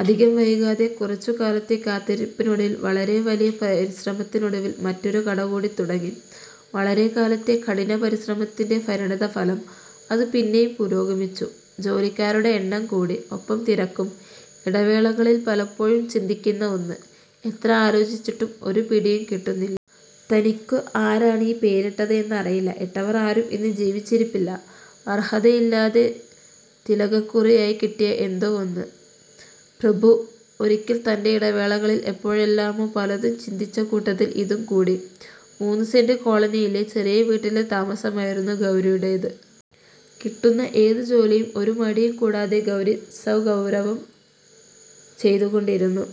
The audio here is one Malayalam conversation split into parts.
അധികം വൈകാതെ കുറച്ചു കാലത്തെ കാത്തിരിപ്പിനൊടുവിൽ വളരെ വലിയ പരിശ്രമത്തിനൊടുവിൽ മറ്റൊരു കട കൂടി തുടങ്ങി. വളരെ കാലത്തെ കഠിനപരിശ്രമത്തിന്റ പരിണിതഫലം, അത് പിന്നെയും പുരോഗമിച്ചു. ജോലിക്കാരുടെ എണ്ണം കൂടി, ഒപ്പം തിരക്കും.. ഇടവേളകളിൽ പലപ്പോഴും ചിന്തിക്കുന്ന ഒന്ന്, എത്ര ആലോചിച്ചിട്ടും ഒരു പിടിയും കിട്ടുന്നില്ല. തനിക്കു ആരാണ് ഈ പേരിട്ടത് എന്ന് അറിയില്ല, ഇട്ടവർ ആരും ഇന്നു ജീവിച്ചിരിപ്പില്ല. അർഹതയില്ലാതെ തിലകക്കുറിയായി കിട്ടിയ എന്തോ ഒന്ന്. 'പ്രഭു. ' ഒരിക്കൽ തന്റെ ഇടവേളകളിൽ എപ്പോഴെല്ലാമോ പലതും ചിന്തിച്ച കൂട്ടത്തിൽ ഇതും കൂടി. മൂന്നു സെന്റ് കോളനിയിലെ ചെറിയ വീട്ടിലെ താമസമായിരുന്നു ഗൗരിയുടേത്. കിട്ടുന്ന ഏതു ജോലിയും ഒരു മടിയും കൂടാതെ ഗൗരി സഗൗരവം ചെയ്തുകൊണ്ടിരുന്നു.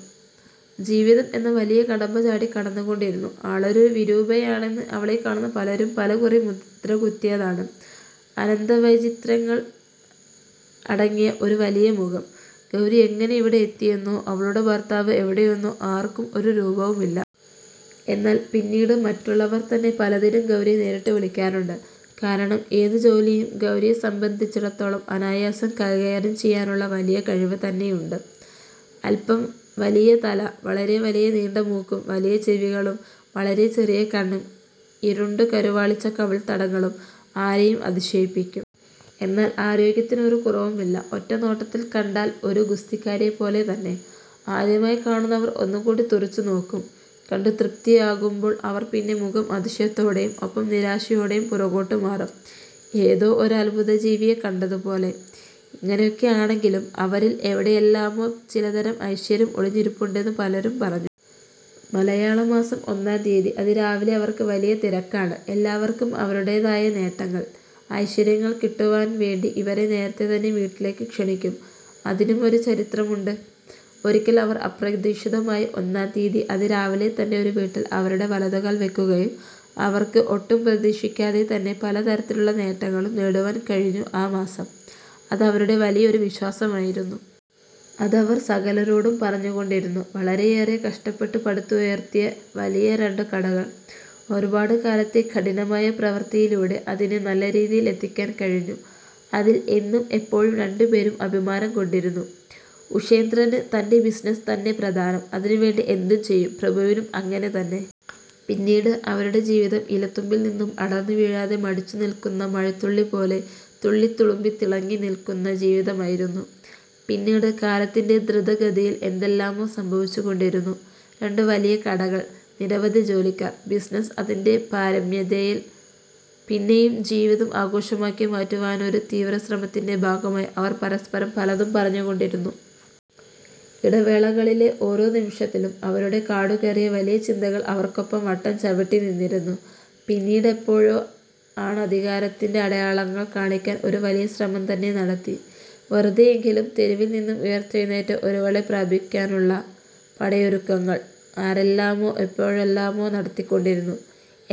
ജീവിതം എന്ന വലിയ കടമ്പ ചാടി കടന്നുകൊണ്ടിരുന്നു. ആളൊരു വിരൂപയാണെന്ന് അവളെ കാണുന്ന പലരും പലകുറി മുദ്ര കുത്തിയതാണ്. അനന്ത വൈചിത്ര്യങ്ങൾ അടങ്ങിയ ഒരു വലിയ മുഖം. ഗൗരി എങ്ങനെ ഇവിടെ എത്തിയെന്നോ അവളുടെ ഭർത്താവ് എവിടെയെന്നോ ആർക്കും ഒരു രൂപവുമില്ല. എന്നാൽ പിന്നീട് മറ്റുള്ളവർ തന്നെ പലതിനും ഗൗരിയെ നേരിട്ടു വിളിക്കാറുണ്ട്. കാരണം ഏതു ജോലിയും ഗൗരിയെ സംബന്ധിച്ചിടത്തോളം അനായാസം കൈകാര്യം ചെയ്യാനുള്ള വലിയ കഴിവ് തന്നെയുണ്ട്. അൽപ്പം വലിയതല, വളരെ വലിയ നീണ്ട മൂക്കും, വലിയ ചെവികളും വളരെ ചെറിയ കണ്ണും ഇരുണ്ടു കരുവാളിച്ച കവിൾ തടങ്ങളും ആരെയും അതിശയിപ്പിക്കും. എന്നാൽ ആരോഗ്യത്തിന് ഒരു കുറവും ഇല്ല. ഒറ്റനോട്ടത്തിൽ കണ്ടാൽ ഒരു ഗുസ്തിക്കാരിയെപ്പോലെ തന്നെ, ആദ്യമായി കാണുന്നവർ ഒന്നുകൂടി തുറിച്ചു നോക്കും, കണ്ടു തൃപ്തിയാകുമ്പോൾ അവർ പിന്നെ മുഖം അതിശയത്തോടെയും, ഒപ്പം നിരാശയോടെയും പുറകോട്ട് മാറ്റും. ഏതോ ഒരു അത്ഭുത ജീവിയെ കണ്ടതുപോലെ... ഇങ്ങനെയൊക്കെ ആണെങ്കിലും അവരിൽ എവിടെയെല്ലാമോ ചിലതരം ഐശ്വര്യം ഒളിഞ്ഞിരിപ്പുണ്ടെന്നു പലരും പറഞ്ഞു. മലയാളമാസം ഒന്നാം തിയതി അതിരാവിലെ അവർക്ക് വലിയ തിരക്കാണ്. എല്ലാവർക്കും അവരുടേതായ നേട്ടങ്ങൾ, ഐശ്വര്യങ്ങൾ കിട്ടുവാൻ വേണ്ടി ഇവരെ നേരത്തെ തന്നെ വീട്ടിലേക്ക് ക്ഷണിക്കും. അതിനും ഒരു ചരിത്രമുണ്ട്.. ഒരിക്കൽ അവർ അപ്രതീക്ഷിതമായി ഒന്നാം തിയതി അതിരാവിലെ തന്നെ ഒരു വീട്ടിൽ അവരുടെ വലതുകാൽ വക്കുകയും അവർക്ക് ഒട്ടും പ്രതീക്ഷിക്കാതെ തന്നെ പലതരത്തിലുള്ള നേട്ടങ്ങളും നേടുവാൻ കഴിഞ്ഞു ആ മാസം, അതവരുടെ വലിയ ഒരു വിശ്വാസമായിരുന്നു. അതവർ സകലരോടും പറഞ്ഞുകൊണ്ടിരുന്നു. വളരെയേറെ കഷ്ടപ്പെട്ട് പടുത്തുയർത്തിയ വലിയ രണ്ടു കടകൾ, ഒരുപാട് കാലത്തെ കഠിനമായ പ്രവൃത്തിയിലൂടെ അതിനെ നല്ലരീതിയിൽ എത്തിക്കാൻ കഴിഞ്ഞു അതിൽ എന്നും എപ്പോഴും രണ്ടു പേരും അഭിമാനം കൊണ്ടിരുന്നു. ഉഷേന്ദ്രന് തന്റെ ബിസിനസ് തന്നെ പ്രധാനം. അതിനുവേണ്ടി എന്തും ചെയ്യും. പ്രഭുവിനും അങ്ങനെ തന്നെ. പിന്നീട് അവരുടെ ജീവിതം ഇലത്തുമ്പിൽ നിന്നും അടർന്നു വീഴാതെ മടിച്ചു നിൽക്കുന്ന മഴത്തുള്ളിപോലെ, തുള്ളി തുളുമ്പിതിളങ്ങി നിൽക്കുന്ന ജീവിതമായിരുന്നു. പിന്നീട് കാലത്തിന്റെ ധൃത ഗതിയിൽ എന്തെല്ലാമോ സംഭവിച്ചുകൊണ്ടിരുന്നു. രണ്ടു വലിയ കടകൾ നിരവധി ജോലിക്കാർ, ബിസിനസ് അതിന്റെ പാരമ്യതയിൽ. പിന്നെയും ജീവിതം ആഘോഷമാക്കി മാറ്റുവാനൊരു തീവ്ര ശ്രമത്തിന്റ ഭാഗമായി അവർ പരസ്പരം പലതും പറഞ്ഞു കൊണ്ടിരുന്നു. ഇടവേളകളിലെ ഓരോ നിമിഷത്തിലും അവരുടെ കാടു കയറിയ വലിയ ചിന്തകൾ അവർക്കൊപ്പം വട്ടം ചവിട്ടി നിന്നിരുന്നു. പിന്നീട് എപ്പോഴോ ആണധികാരത്തിന്റെ അടയാളങ്ങൾ കാണിക്കാൻ ഒരു വലിയ ശ്രമം തന്നെ നടത്തി. വെറുതെയെങ്കിലും തെരുവിൽ നിന്നും ഉയർത്തെഴുന്നേറ്റ ഒരുവളെ പ്രാപിക്കാനുള്ള, പടയൊരുക്കങ്ങൾ ആരെല്ലാമോ എപ്പോഴെല്ലാമോ നടത്തികൊണ്ടിരുന്നു.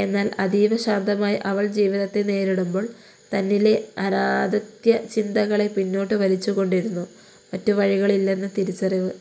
എന്നാൽ അതീവ ശാന്തമായി അവൾ ജീവിതത്തെ നേരിടുമ്പോൾ തന്നിലെ അനാഥത്യ ചിന്തകളെ പിന്നോട്ട് വലിച്ചു കൊണ്ടിരുന്നു. മറ്റു വഴികൾ ഇല്ലെന്ന തിരിച്ചറിവ്